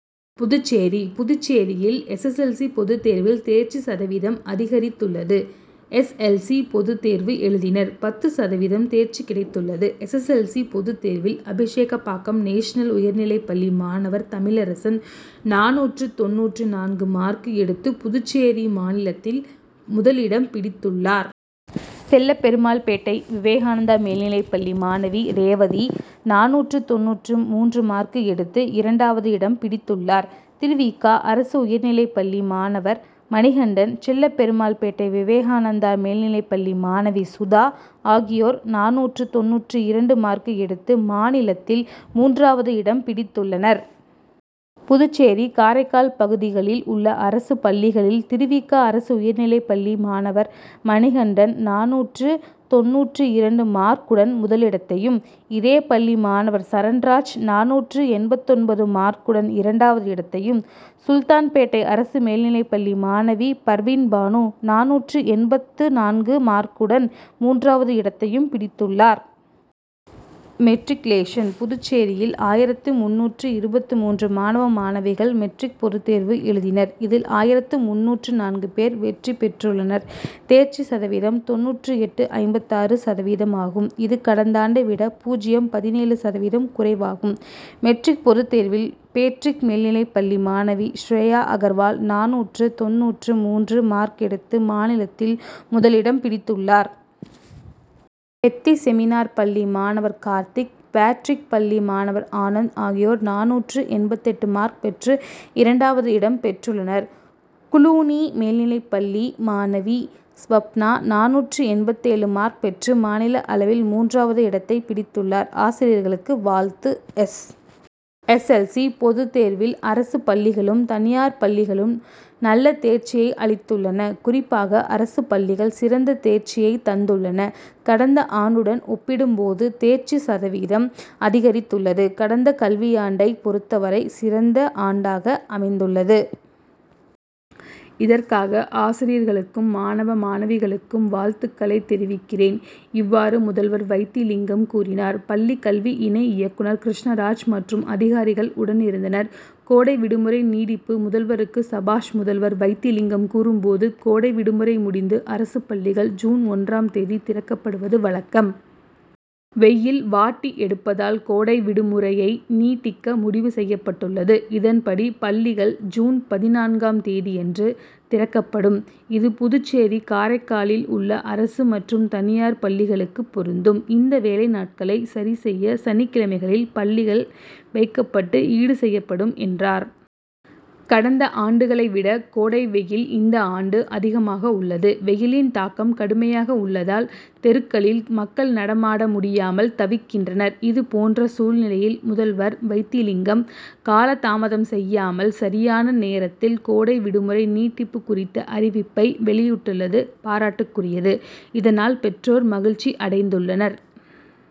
புதுச்சேரி: புதுச்சேரியில் S. S. L. C., பொதுத் தேர்வில் தேர்ச்சி சதவீதம் அதிகரித்துள்ளது. எஸ். எல். சி., பொதுத் தேர்வு எழுதினர். பத்து சதவீதம் தேர்ச்சி கிடைத்துள்ளது. எஸ். எஸ். எல். சி., பொதுத் தேர்வில் அபிஷேகப்பாக்கம் நேஷனல் உயர்நிலைப் பள்ளி மாணவர் தமிழரசன் நானூற்று தொண்ணூற்று நான்கு மார்க் எடுத்து புதுச்சேரி மாநிலத்தில் முதலிடம் பிடித்துள்ளார். செல்லபெருமாள்பேட்டை விவேகானந்தா மேல்நிலைப் பள்ளி மாணவி ரேவதி நானூற்று தொண்ணூற்று மூன்று மார்க் எடுத்து இரண்டாவது இடம் பிடித்துள்ளார். திரு. வி. க., அரசு உயர் நிலைப் பள்ளி மாணவர் மணிகண்டன், செல்லபெருமாள் பேட்டை விவேகானந்தா மேல்நிலைப் பள்ளி மாணவி சுதா ஆகியோர் நானூற்று தொண்ணூற்று இரண்டு மார்க் எடுத்து மாநிலத்தில் மூன்றாவது இடம் பிடித்துள்ளனர். புதுச்சேரி, காரைக்கால் பகுதிகளில் உள்ள அரசு பள்ளிகளில் திரு. வி. க. அரசு உயர்நிலைப் பள்ளி மாணவர் மணிகண்டன் நானூற்று தொண்ணூற்று இரண்டு மார்க்குடன் முதலிடத்தையும், இதேபள்ளி மாணவர் சரண்ராஜ் நானூற்று எண்பத்தொன்பது மார்க்குடன் இரண்டாவது இடத்தையும், சுல்தான்பேட்டை அரசு மேல்நிலைப் பள்ளி மாணவி பர்வீன் பானு நானூற்று எண்பத்து நான்கு மார்க்குடன் மூன்றாவது இடத்தையும் பிடித்துள்ளனர். மெட்ரிக்குலேஷன்: புதுச்சேரியில் ஆயிரத்து முந்நூற்று இருபத்து மூன்று மாணவ மாணவிகள் மெட்ரிக் பொதுத் தேர்வு எழுதினர். இதில் ஆயிரத்து முந்நூற்று நான்கு பேர் வெற்றி பெற்றுள்ளனர். தேர்ச்சி சதவீதம் தொண்ணூற்று எட்டு.ஐம்பத்தாறு சதவீதமாகும். இது, கடந்தாண்டைவிட பூஜ்ஜியம். பதினேழு சதவீதம் குறைவாகும். மெட்ரிக் பொதுத் தேர்வில் பேட்ரிக் மேல்நிலைப் பள்ளி மாணவி ஷ்ரேயா அகர்வால் நானூற்று தொண்ணூற்று மூன்று மார்க் எடுத்து மாநிலத்தில் முதலிடம் பிடித்துள்ளார். பெத்திசெமினார் பள்ளி மாணவர் கார்த்திக், பேட்ரிக் பள்ளி மாணவர் ஆனந்த் ஆகியோர் நானூற்று எண்பத்தெட்டு மார்க் பெற்று இரண் டாவது இடம் பெற்றுள்ளனர். குளூனி மேல்நிலைப் பள்ளி மாணவி ஸ்வப்னா, நானூற்று எண்பத்தேழு மார்க் பெற்று மாநில அளவில் மூன் றாவது இடத்தை பிடித்துள்ளார். ஆசிரியர்களுக்கு வாழ்த்து: எஸ். எஸ். எல். சி., பொதுத் தேர் வில் அரசு பள்ளிகளும், தனியார் பள்ளிகளும் நல்ல தேர்ச்சியை அளித்துள்ளன. குறிப் பாக அரசு பள்ளிகள் சிறந்த தேர்ச்சியை தந்துள்ளன. கடந்த ஆண்டுடன் ஒப்பிடும்போது தேர்ச்சி சதவீதம் அதிகரித் துள்ளது. கடந்த கல்வியாண்டை பொருத்தவரை சிறந்த ஆண் டாக அமைந்துள்ளது. இதற் காக ஆசிரியர்களுக்கும், மாணவ மாணவிகளுக்கும் வாழ்த்துக் களை தெரிவிக்கிறேன். இவ்வாறு முதல்வர் வைத்திலிங்கம் கூறினார். பள்ளிக் கல்வி இணை இயக்குனர் கிருஷ்ணராஜ் மற்றும் அதிகாரிகள் உடனிருந்தனர். கோடை விடுமுறை நீடிப்பு முதல்வருக்கு சபாஷ் முதல்வர் வைத்திலிங்கம் கூறும்போது, கோடை விடுமுறை முடிந்து அரசு பள்ளிகள் ஜூன் ஒன்றாம் தேதி திறக்கப்படுவது வழக்கம். வெயில் வாட்டி எடுப்பதால் கோடை விடுமுறையை நீட்டிக்க முடிவு செய்யப்பட்டுள்ளது. இதன்படி பள்ளிகள் ஜூன் பதினான்காம் தேதியன்று திறக்கப்படும். இது புதுச்சேரி, காரைக்காலில் உள்ள அரசு மற்றும் தனியார் பள்ளிகளுக்கு பொருந்தும். இந்த வேலை நாட்களை சரி செய்ய சனிக் கிழமைகளில் பள்ளிகள் வைக்கப்பட்டு ஈடு செய்யப்படும் என்றார். கடந்த ஆண்டுகளைவிட கோடை வெயில் இந்தாண்டு அதிகமாக உள்ளது. வெயிலின் தாக்கம் கடுமையாக உள்ளதால் தெருக்களில் மக்கள் நடமாட முடியாமல் தவிக்கின்றனர். இதுபோன்ற சூழ்நிலையில் முதல்வர் வைத்திலிங்கம், காலதாமதம் செய்யாமல் சரியான நேரத்தில் கோடை விடுமுறை நீட்டிப்பு குறித்த அறிவிப்பை வெளியிட்டுள்ளது பாராட்டுக்குரியது. இதனால் பெற்றோர் மகிழ்ச்சி அடைந்துள்ளனர்.